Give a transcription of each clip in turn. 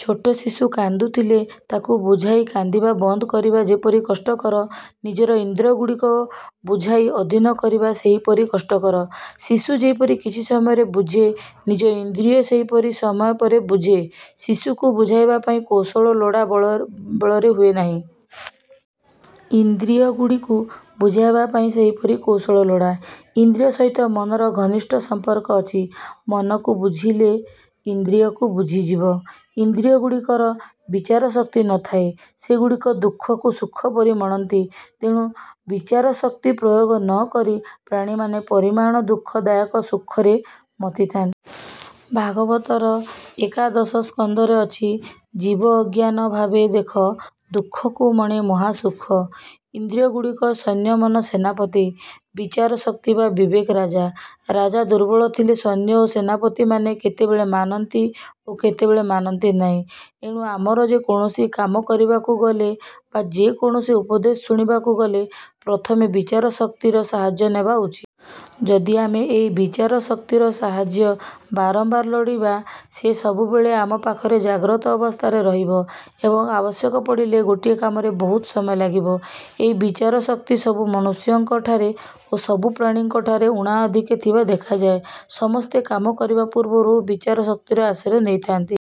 ଛୋଟ ଶିଶୁ କାନ୍ଦୁଥିଲେ ତାକୁ ବୁଝାଇ କାନ୍ଦିବା ବନ୍ଦ କରିବା ଯେପରି କଷ୍ଟକର ନିଜର ଇନ୍ଦ୍ରଗୁଡ଼ିକ ବୁଝାଇ ଅଧୀନ କରିବା ସେହିପରି କଷ୍ଟକର। ଶିଶୁ ଯେପରି କିଛି ସମୟରେ ବୁଝେ ନିଜଇନ୍ଦ୍ରିୟ ସେହିପରି କିଛି ସମୟ ପରେ ବୁଝେ। ଶିଶୁକୁ ବୁଝାଇବା ପାଇଁ କୌଶକ ଲୋଡ଼ା ବଳ ବଳରେ ହୁଏ ନାହିଁ। ଇନ୍ଦ୍ରିୟଗୁଡ଼ିକୁ ବୁଝାଇବା ପାଇଁ ସେହିପରି କୌଶଳ ଲୋଡ଼ା। ଇନ୍ଦ୍ରିୟ ସହିତ ମନର ଘନିଷ୍ଠ ସମ୍ପର୍କ ଅଛି। ମନକୁ ବୁଝିଇଲେ ଇନ୍ଦ୍ରିୟ ବୁଝିଯିବ। ଇନ୍ଦ୍ରିୟଗୁଡ଼ିକର ବିଚାରଶକ୍ତି ନ ଥାଏ। ସେଗୁଡ଼ିକ ଦୁଃଖକୁ ସୁଖପରି ମଣନ୍ତି। ତେଣୁ ବିଚାରଶକ୍ତି ପ୍ରୟୋଗ ନ କରି ପ୍ରାଣୀମାନେ ପରିମାଣ ଦୁଃଖ ଦାୟକ ସୁଖରେ ମାତିଥାନ୍ତି। ଭାଗବତର ଏକାଦଶସ୍କନ୍ଧରେ ଅଛି ଜୀବ ଅଜ୍ଞାନ ଭାବେ ଦେଖ ଦୁଃଖକୁ ମଣେ ମହାସୁଖ। ଇନ୍ଦ୍ରିୟଗୁଡ଼ିକ ସୈନ୍ୟ ମନ ସେନାପତି, ବିଚାରଶକ୍ତି ବା ବିବେକ ରାଜା। ରାଜା ଦୁର୍ବଳ ଥିଲେ ସୈନ୍ୟ ଓ ସେନାପତିମାନେ କେତବେଳେ ମାନନ୍ତି ଓ କେତେବଳେ ମାନନ୍ତି ନାହିଁ। ଏଣୁ ଆମର ଯେ କୌଣସି କାମ କରିବାକୁ ଗଲେ ବା ଯେ କୌଣସି ଉପଦେଶ ଶୁଣିବାକୁ ଗଲେ, ପ୍ରଥମେ ବିଚାରଶକ୍ତିର ସାହାଯ୍ୟ ନେବା ଉଚିତ। ଯଦି ଆମେ ଏହି ବିଚାରଶକ୍ତିର ସାହାଯ୍ୟ ବାରମ୍ବାର ଲୋଡ଼ିବା, ସେ ସବୁବେଳେ ଆମ ପାଖରେ ଜାଗ୍ରତ ଅବସ୍ଥାରେ ରହିବ ଏବଂ ଆବଶ୍ୟକ ପଡ଼ିଲେ ଗୋଟିଏ କାମରେ ବହୁତ ସମୟ ଲାଗିବ। ଏହି ବିଚାରଶକ୍ତି ସବୁ ମନୁଷ୍ୟଙ୍କଠାରେ ଓ ସବୁ ପ୍ରାଣୀଙ୍କଠାରେ ଊଣାଅଧିକେ ଥିବାର ଦେଖାଯାଏ। ସମସ୍ତେ କାମ କରିବା ପୂର୍ବରୁ ବିଚାରଶକ୍ତିର ଆଶ୍ରୟ ନେଇଥାନ୍ତି।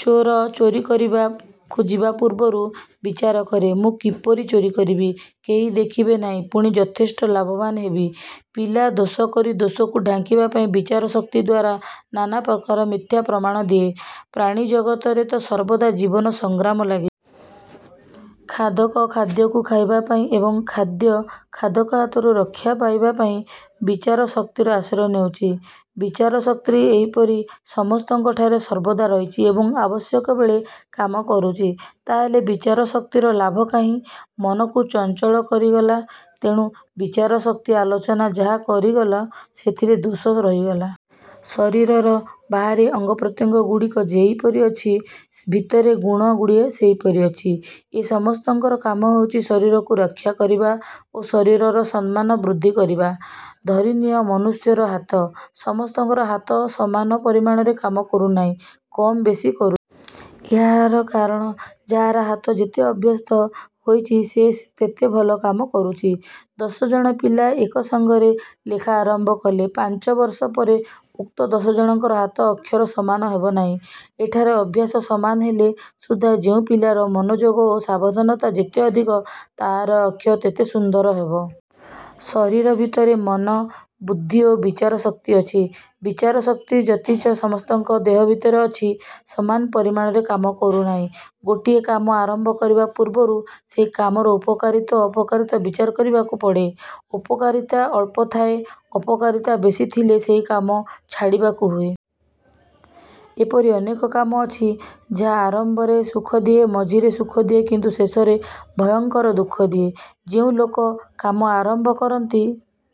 ଚୋର ଚୋରି କରିବାକୁ ଯିବା ପୂର୍ବରୁ ବିଚାର କରେ, ମୁଁ କିପରି ଚୋରି କରିବି, କେହି ଦେଖିବେ ନାହିଁ, ପୁଣି ଯଥେଷ୍ଟ ଲାଭବାନ ହେବି। ପିଲା ଦୋଷ କରି ଦୋଷକୁ ଢାଙ୍କିବା ପାଇଁ ବିଚାରଶକ୍ତି ଦ୍ଵାରା ନାନାପ୍ରକାର ମିଥ୍ୟା ପ୍ରମାଣ ଦିଏ। ପ୍ରାଣିଜଗତରେ ତ ସର୍ବଦା ଜୀବନ ସଂଗ୍ରାମ ଲାଗିଛି। ଖାଦକ ଖାଦ୍ୟକୁ ଖାଇବା ପାଇଁ ଏବଂ ଖାଦ୍ୟ ଖାଦକ ହାତରୁ ରକ୍ଷା ପାଇବା ପାଇଁ ବିଚାରଶକ୍ତିର ଆଶ୍ରୟ ନେଉଛି। ବିଚାରଶକ୍ତି ଏହିପରି ସମସ୍ତଙ୍କ ଠାରେ ସର୍ବଦା ରହିଛି ଏବଂ ଆବଶ୍ୟକ ବେଳେ କାମ କରୁଛି। ତା'ହେଲେ ବିଚାରଶକ୍ତିର ଲାଭ କାହିଁ? ମନକୁ ଚଞ୍ଚଳ କରିଗଲା। ତେଣୁ ବିଚାରଶକ୍ତିର ଆଲୋଚନା ଯାହା କରିଗଲ, ସେଥିରେ ଦୋଷ ରହିଗଲା। ଶରୀରର ବାହାରେ ଅଙ୍ଗପ୍ରତ୍ୟଙ୍ଗ ଗୁଡ଼ିକ ଯେଇପରି ଅଛି ଭିତରେ ଗୁଣ ଗୁଡ଼ିଏ ସେଇପରି ଅଛି। ଏ ସମସ୍ତଙ୍କର କାମ ହେଉଛି ଶରୀରକୁ ରକ୍ଷା କରିବା ଓ ଶରୀରର ସମ୍ମାନ ବୃଦ୍ଧି କରିବା। ଧରିନିଅ, ମନୁଷ୍ୟର ହାତ। ସମସ୍ତଙ୍କର ହାତ ସମାନ ପରିମାଣରେ କାମ କରୁନାହିଁ, କମ୍ ବେଶୀ କରୁଛି। ଏହାର କାରଣ ଯାହାର ହାତ ଯେତେ ଅଭ୍ୟସ୍ତ ହୋଇଛି ସେ ତେତେ ଭଲ କାମ କରୁଛି। ଦଶଜଣ ପିଲା ଏକ ସଙ୍ଗରେ ଲେଖା ଆରମ୍ଭ କଲେ, ପାଞ୍ଚ ବର୍ଷ ପରେ ଉକ୍ତ ଦଶଜଣଙ୍କର ହାତ ଅକ୍ଷର ସମାନ ହେବ ନାହିଁ। ଏଠାରେ ଅଭ୍ୟାସ ସମାନ ହେଲେ ସୁଦ୍ଧା ଯେଉଁ ପିଲାର ମନୋଯୋଗ ଓ ସାବଧାନତା ଯେତେ ଅଧିକ ତାହାର ଅକ୍ଷର ତେତେ ସୁନ୍ଦର ହେବ। ଶରୀର ଭିତରେ ମନ, ବୁଦ୍ଧି ଓ ବିଚାରଶକ୍ତି ଅଛି। ବିଚାରଶକ୍ତି ଯଦିଚ ସମସ୍ତଙ୍କ ଦେହ ଭିତରେ ଅଛି, ସମାନ ପରିମାଣରେ କାମ କରୁନାହିଁ। ଗୋଟିଏ କାମ ଆରମ୍ଭ କରିବା ପୂର୍ବରୁ ସେହି କାମର ଉପକାରିତା ଓ ଅପକାରିତା ବିଚାର କରିବାକୁ ପଡ଼େ। ଉପକାରିତା ଅଳ୍ପ ଥାଇ ଅପକାରିତା ବେଶୀ ଥିଲେ ସେହି କାମ ଛାଡ଼ିବାକୁ ହୁଏ। ଏପରି ଅନେକ କାମ ଅଛି, ଯାହା ଆରମ୍ଭରେ ସୁଖଦିଏ, ମଝିରେ ସୁଖ ଦିଏ କିନ୍ତୁ ଶେଷରେ ଭୟଙ୍କର ଦୁଃଖ ଦିଏ। ଯେଉଁ ଲୋକ କାମ ଆରମ୍ଭ କରନ୍ତି -